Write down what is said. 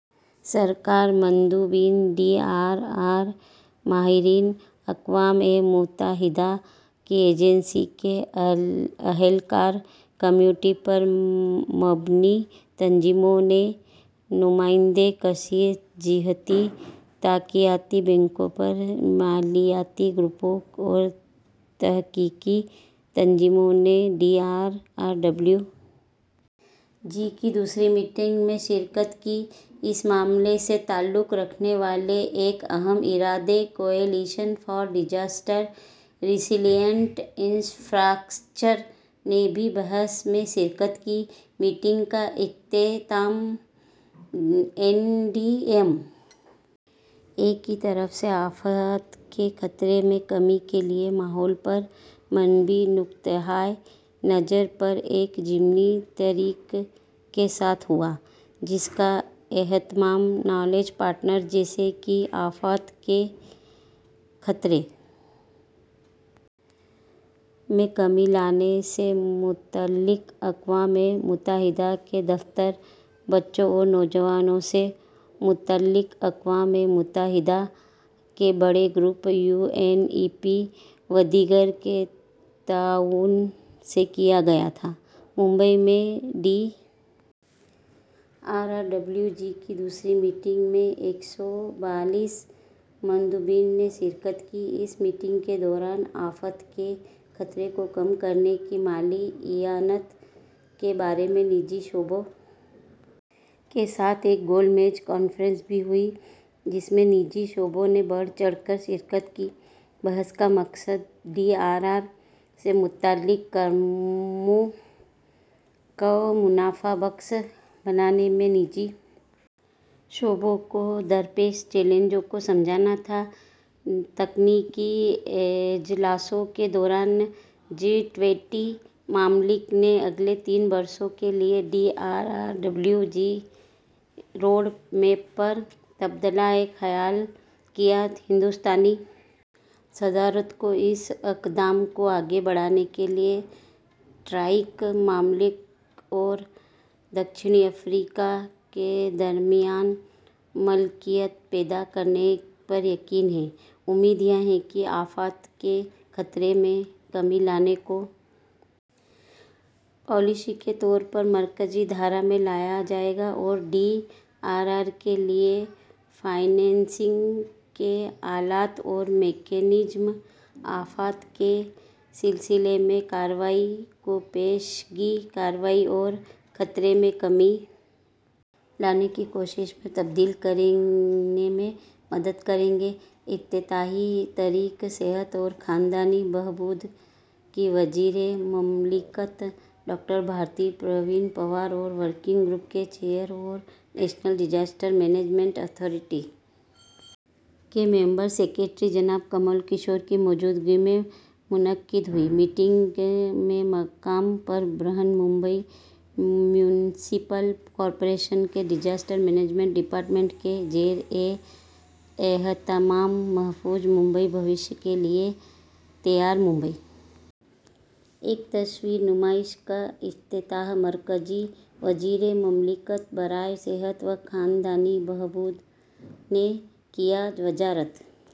سرکار مندوبین D R R ماہرین اقوام متحدہ کی ایجنسی کے اہلکار کمیونٹی پر مبنی تنظیموں کے نمائندے کثیر جہتی ترقیاتی بینکوں اور مالیاتی گروپوں اور تحقیقی تنظیموں نے D R R W G کی دوسری میٹنگ میں شرکت کی اس معاملے سے تعلق رکھنے والے ایک اہم ادارے coalition for disaster resilient infrastructure نے بھی بحث میں شرکت کی میٹنگ کا اختتام این ڈی ایم اے کی طرف سے آفات کے خطرے میں کمی کے لیے ماحول پر مبنی نقطہائے نظر پر ایک ضمنی تقریب کے ساتھ ہوا جس کا اہتمام نالج پارٹنرز جیسے کہ آفات کے خطرے میں کمی لانے سے متعلق اقوام متحدہ کے دفتر بچوں اور نوجوانوں سے متعلق اقوام متحدہ کے بڑے group U N E P ودیگر کے تعاون سے کیا گیا تھا ممبئی میں D R R W G کی دوسری میٹنگ میں ایک سو بائیس مندوبین نے شرکت کی اس میٹنگ کے دوران آفات کے خطرے کو کم کرنے کی مالی اعانت کے بارے میں نجی شعبوں کے ساتھ ایک گول میز کانفرنس بھی ہوئی جس میں نجی شعبوں نے بڑھ چڑھ کر شرکت کی بحث کا مقصد ڈی آر آر سے متعلق کاموں کو منافع بخش بنانے میں نجی شعبے کو درپیش چیلنجوں کو سمجھنا تھا تکنیکی اجلاسوں کے دوران جی ٹوئنٹی ممالک نے اگلے تین برسوں کے لیے D R R W G کے روڈ میپ پر تبادلہ خیال کیا ہندوستانی صدارت کو اس اقدام کو آگے بڑھانے کے لیے ٹرائیکا ممالک اور جنوبی افریقہ کے درمیان ملکیت پیدا کرنے پر یقین ہے امید یہ ہے کہ آفات کے خطرے میں کمی لانے کو پالیسی کے طور پر مرکزی دھارے میں لایا جائے گا اور ڈی آر آر کے لیے فنانسنگ کے آلات اور میکانزم آفات کے سلسلے میں کارروائی کو پیشگی کارروائی اور خطرے میں کمی لانے کی کوشش میں تبدیل کرنے میں مدد کریں گے افتتاحی تقریب صحت اور خاندانی بہبود کی وزیر مملکت ڈاکٹر بھارتی پروین پوار اور ورکنگ گروپ کے چیئر اور نیشنل ڈیزاسٹر مینجمنٹ اتھارٹی کے ممبر سکریٹری جناب کمل کشور کی موجودگی میں منعقد ہوئی میٹنگ کے مقام پر برہن ممبئی میونسپل کارپوریشن کے ڈیزاسٹر مینجمنٹ ڈپارٹمنٹ کے زیر اہتمام محفوظ ممبئی مستقبل کے لیے تیار ممبئی ایک تصویری نمائش کا افتتاح مرکزی وزیر مملکت برائے صحت و خاندانی بہبود نے کیا وزارت